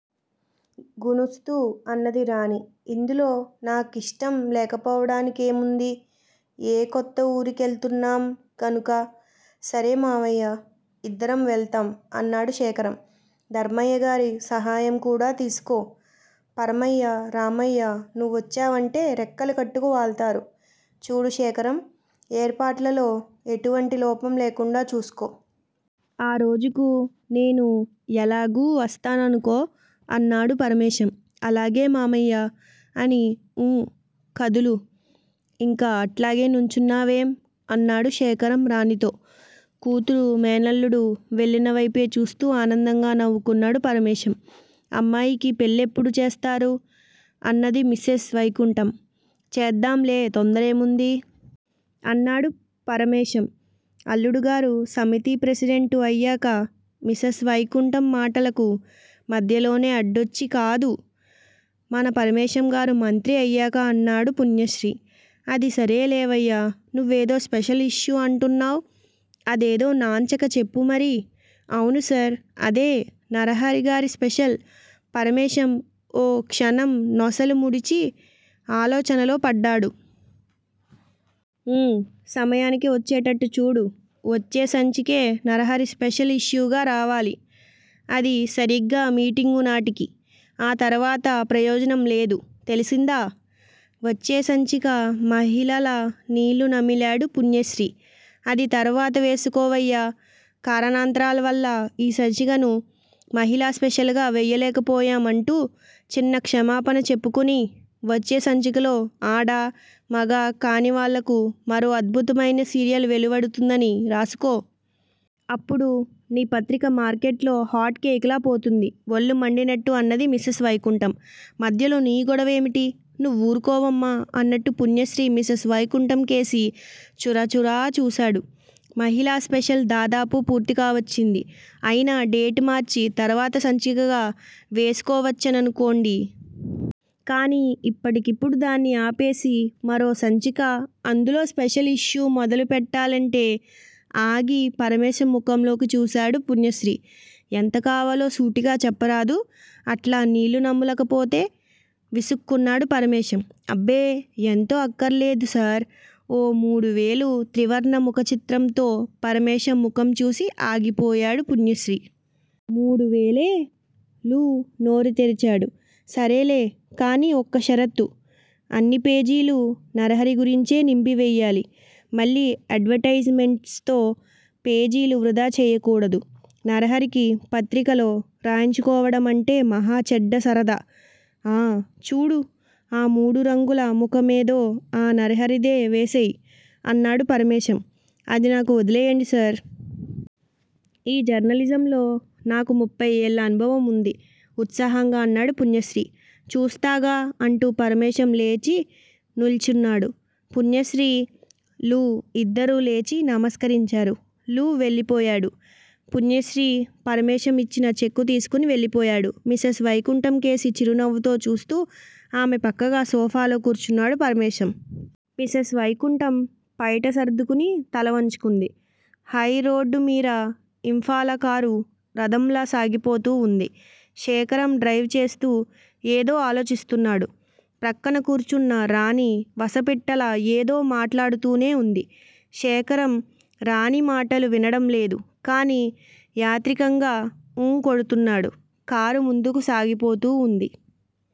గుణుస్తూ అన్నది రాణి. ఇందులో నా కిష్టం లేకపోవడానికేముంది? ఏ కొత్త ఊరి కెళ్తున్నాం గనుక? సరే మామయ్యా! ఇద్దరం వెళ్తాం! అన్నాడు శేఖరం. ధర్మయ్యగారి సహాయంకూడా తీసుకో! పరమయ్యా, రామయ్యా నువ్వొచ్చావంటే రెక్కలు కట్టుకు వాల్తారు. చూడు శేఖరం! ఏర్పాట్లలో ఎటువంటి లోపం లేకుండా చూసుకో. ఆ రోజుకు నేను ఎలాగూ వస్తాననుకో! అన్నాడు పరమేశం. అలాగే మామయ్యా! అని ఊఁ కదులు! ఇంకా అట్లాగే నుంచున్నావేం? అన్నాడు శేఖరం రాణీతో. కూతురూ, మేనల్లుడూ వెళ్ళిన వైపే చూస్తూ ఆనందంగా నవ్వుకున్నాడు పరమేశం. అమ్మాయికి పెళ్ళెప్పుడు చేస్తారు? అన్నది మిసెస్ వైకుంఠం. చేద్దాంలే తొందరేముంది? అన్నాడు పరమేశం. అల్లుడుగారు సమితి ప్రెసిడెంటు అయ్యాక మిసెస్ వైకుంఠం మాటలకు మధ్యలోనే అడ్డొచ్చి కాదు, మన పరమేశంగారు మంత్రి అయ్యాక అన్నాడు పుణ్యశ్రీ. అది సరేలేవయ్యా! నువ్వేదో స్పెషల్ ఇష్యూ అంటున్నావ్? అదేదో నాన్చక చెప్పు మరీ! అవునుసార్! అదే నరహరిగారి స్పెషల్ పరమేశం ఓ క్షణం నొసలు ముడిచి ఆలోచనలో పడ్డాడు. ఊఁ సమయానికి వచ్చేటట్టు చూడు. వచ్చే సంచికే నరహరి స్పెషల్ ఇష్యూగా రావాలి. అదీ సరిగ్గా మీటింగునాటికి. ఆ తర్వాత ప్రయోజనంలేదు. తెలిసిందా? వచ్చే సంచిక మహిళల నీళ్ళు నమిలాడు పుణ్యశ్రీ. అది తర్వాత వేసుకోవయ్యా! కారణాంతరాలవల్ల ఈ సంచికను మహిళా స్పెషల్ గా వెయ్యలేకపోయాం అంటూ చిన్న క్షమాపణ చెప్పుకొని, వచ్చే సంచికలో ఆడా, మగా కానివాళ్ళకు మరో అద్భుతమైన సీరియల్ వెలువడుతుందని రాసుకో. అప్పుడు నీ పత్రిక మార్కెట్ లో హాట్ కేక్ లా పోతుంది వళ్ళు మండినట్టు అన్నది మిసెస్ వైకుంఠం. మధ్యలో నీ గొడవేమిటి! నువ్వూరుకోవమ్మా అన్నట్టు పుణ్యశ్రీ మిసెస్ వైకుంఠంకేసి చురచురా చూశాడు. మహిళా స్పెషల్ దాదాపు పూర్తి కావచ్చింది. అయినా డేట్ మార్చి తర్వాత సంచికగా వేసుకోవచ్చుననుకోండి! కానీ ఇప్పటికిప్పుడు దాన్ని ఆపేసి, మరోసంచిక, అందులో స్పెషల్ ఇష్యూ మొదలు పెట్టాలంటే ఆగి పరమేశం ముఖంలోకి చూశాడు పుణ్యశ్రీ. ఎంత కావాలో సూటిగా చెప్పరాదూ, అట్లా నీళ్ళునమలకపోతే? విసుక్కున్నాడు పరమేశం. అబ్బే ఎంతో అక్కర్లేదుసార్! ఓ మూడు వేలు త్రివర్ణ ముఖ చిత్రంతో పరమేశం ముఖం చూసి ఆగిపోయాడు పుణ్యశ్రీ. మూడువేలే? లూ నోరుతెరిచాడు. సరేలే! కాని ఒక్క షరతు. అన్ని పేజీలూ నరహరిగురించే నింపివెయ్యాలి. మళ్ళీ అడ్వర్టయిజ్ మెంట్సుతో పేజీలు వృధాచెయ్యకూడదు. నరహరికి పత్రికలో రాయించుకోవడమంటే మహా చెడ్డ సరదా! ఆఁ! చూడూ! ఆ మూడురంగుల ముఖమేదో ఆ నరహరిదే వేసేయ్! అన్నాడు పరమేశం. అదినాకు వదిలేయండి సార్! ఈ జర్నలిజంలో నాకు ముప్పై ఏళ్ళ అనుభవం వుంది ఉత్సాహంగా అన్నాడు పుణ్యశ్రీ. చూస్తాగా! అంటూ పరమేశం లేచి నిల్చున్నాడు. పుణ్యశ్రీ, లూ ఇద్దరూ లేచి నమస్కరించారు. లూ వెళ్ళిపోయాడు. పుణ్యశ్రీ, పరమేశం ఇచ్చిన చెక్కు తీసుకుని వెళ్లిపోయాడు. మిసెస్ వైకుంఠంకేసి చిరునవ్వుతో చూస్తూ ఆమె పక్కగా సోఫాలో కూర్చున్నాడు పరమేశం. మిసెస్ వైకుంఠం పైట సర్దుకుని తలవంచుకుంది. హైరోడ్డుమీర ఇంఫాలా కారు రధంలా సాగిపోతూవుంది. శేఖరం డ్రైవ్ చేస్తూ ఏదో ఆలోచిస్తున్నాడు. ప్రక్కన కూర్చున్న రాణి వసపిట్టలా ఏదో మాట్లాడుతూనే వుంది. శేఖరం రాణి మాటలు వినడంలేదు. కాని యాత్రికంగా ఊఁ కొడుతున్నాడు. కారు ముందుకు సాగిపోతూవుంది.